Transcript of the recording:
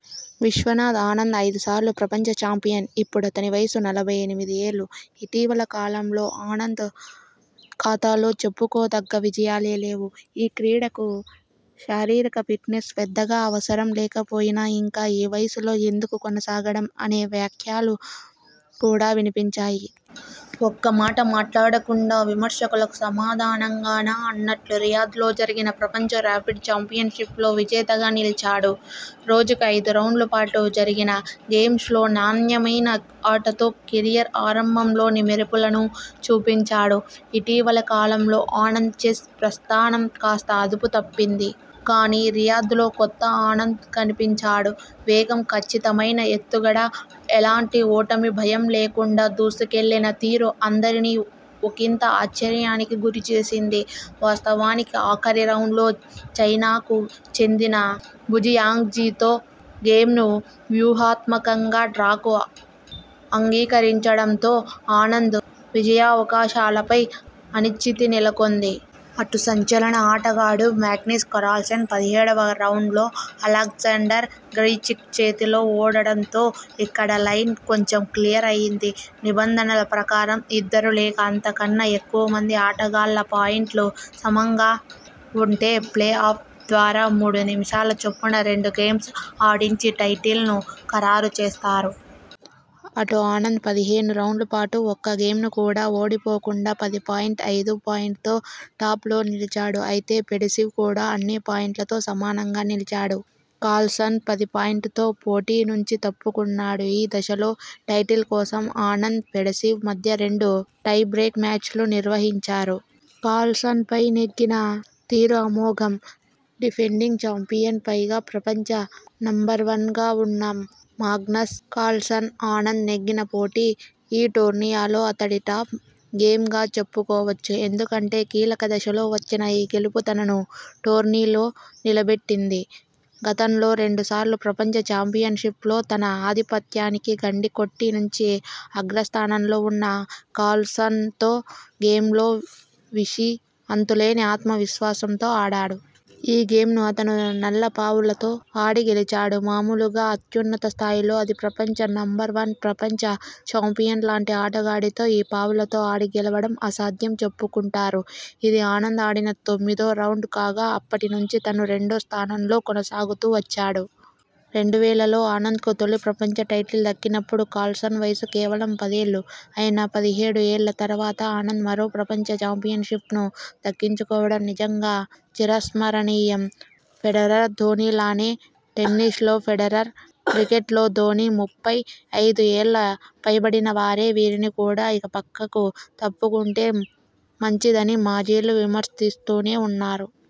విశ్వనాథన్ ఆనంద్, ఐదుసార్లు ప్రపంచ చాంపియన్ ఇప్పుడతని వయస్సు నలభై ఎనిమిది ఏళ్లు, ఇటీవలి కాలంలో ఆనంద్ ఖాతాలో చెప్పుకో దగ్గ విజయాలే లేవు ఈ క్రీడకు శారీరక ఫిట్నెస్ పెద్దగా అవసరం లేకపోయినా ఇంకా ఈ వయస్సులో ఎందుకు కొనసాగడం. అనే వ్యాఖ్యలు కూడా వినిపించాయి. ఒక్క మాట మాట్లాడకుండా విమర్శకులకు సమాధా నంగానా అన్నట్టు రియాద్లో జరిగిన ప్రపంచ ర్యాపిడ్ చాంపియ న్షిప్లో విజేతగా నిలిచాడు. రోజుకు ఐదు రౌండ్ల పాటు జరిగిన గేమ్ల్లో నాణ్యమైన ఆటతో కెరీర్ ఆరంభంలోని మెరుపులను చూపించా డు. ఇటీవలి కాలంలో ఆనంద్ చెస్ ప్రస్థానం కాస్త అదుపు తప్పింది. కానీ రియాద్లో కొత్త ఆనంద్ కనిపించాడు. వేగం, కచ్చితమైన ఎత్తుగడ, ఎలాంటి ఓటమి భయం లేకుండా దూసుకెళ్లిన తీరు అందరినీ ఒకింత ఆశ్చర్యానికి గురి చేసింది. వాస్తవానికి ఆఖరి రౌండ్లో చైనాకు చెందిన బుజియాంగ్జితో గేమ్ను వ్యూహాత్మకంగా డ్రాకు అంగీకరించడంతో ఆనంద్ విజయావకాశాలపై అనిశ్చితి నెలకొంది. అటు సంచలన ఆటగాడు మాగ్నస్ కార్ల్సన్ పదిహేనువ రౌండ్లో అలెగ్జాండర్ గ్రిష్చుక్ చేతిలో ఓడడంతో ఇక్కడ లైన్ కొంచెం క్లియర్ అయ్యింది. నిబంధనల ప్రకారం ఇద్దరు లేక అంతకన్నా ఎక్కువ మంది ఆటగాళ్ల పాయుంట్లు సమంగా ఉంటే ప్లే ఆఫ్ ద్వారా మూడు నిమిషాల చొప్పున రెండు గేమ్స్ ఆడించి టైటిల్ను ఖరారు చేస్తారు. అటు ఆనంద్ పదిహేను రౌండ్ల పాటు ఒక్క గేమ్ను కూడా ఓడి పోకుండా పది పాయింట్ ఐదు పాయింట్లతో టాప్లో నిలిచాడు. అయితే ఫెడసీవ్ కూడా అన్నే పాయింట్లతో సమానంగా నిలిచాడు. కార్ల్సన్ పది పాయింట్లతో పోటీ నుంచి తప్పుకున్నాడు. ఈ దశలో టైటిల్ కోసం ఆనంద్, ఫెడసీవ్ మధ్య రెండు టైబ్రేక్ మ్యాచ్లు నిర్వహించారు. కార్ల్సన్పై నెగ్గిన తీరు అమోఘం డిఫెండింగ్ చాంపియన్, పైగా ప్రపంచ నంబర్వన్గా ఉన్న మాగ్నస్ కార్ల్సన్పై ఆనంద్ నెగ్గిన పోటీ ఈటోర్నీలో అతడి టాప్ గేమ్గా చెప్పుకో వచ్చు. ఎందుకంటే కీలక దశలో వచ్చిన ఈ గెలుపు తనను టోర్నీలో నిలబెట్టింది. గతంలో రెండు సార్లు ప్రపంచ చాంపియన్షిప్లో తన ఆధిపత్యానికి గండి కొట్టి నుంచి అగ్రస్థానంలో ఉన్న కార్ల్సన్తో గేమ్లో విషీ అంతులేని ఆత్మ విశ్వాసంతో ఆడాడు. ఈ గేమ్ను అతను నల్ల పావులతో ఆడి గెలిచాడు. మామూలుగా అత్యున్నత స్థాయిలో అదీ ప్రపంచ నంబర్వన్, ప్రపంచ చాంపియన్ లాంటి ఆటగాడితో ఈ పావులతో ఆడి గెలవడం అసాధ్యంగా చెప్పుకుంటారు. ఇది ఆనంద్ ఆడిన తొమ్మిదో రౌండ్ కాగా అప్పటి నుంచి తను రెండో స్థానంలో కొనసాగుతూ వచ్చాడు. రెండు వేలలో ఆనంద్కు తొలి ప్రపంచ టైటిల్ దక్కినప్పుడు కార్ల్సన్ వయస్సు కేవలం పదేళ్లు. అయినా పదిహేడు ఏళ్ల తర్వాత ఆనంద్ మరో ప్రపంచ చాంపియన్షిప్ను దక్కించుకోవడం నిజంగా చిరస్మరణీయం. ఫెడరర్, ధోనీలానే టెన్నిస్లో ఫెడరర్, క్రికెట్లో ధోనీ ముప్పై ఐదు ఏళ్లు పైబడిన వారే, వీరిని కూడా ఇక పక్కకు తప్పుకుంటే మంచిదని మాజీలు విమర్శిస్తూనే ఉన్నారు.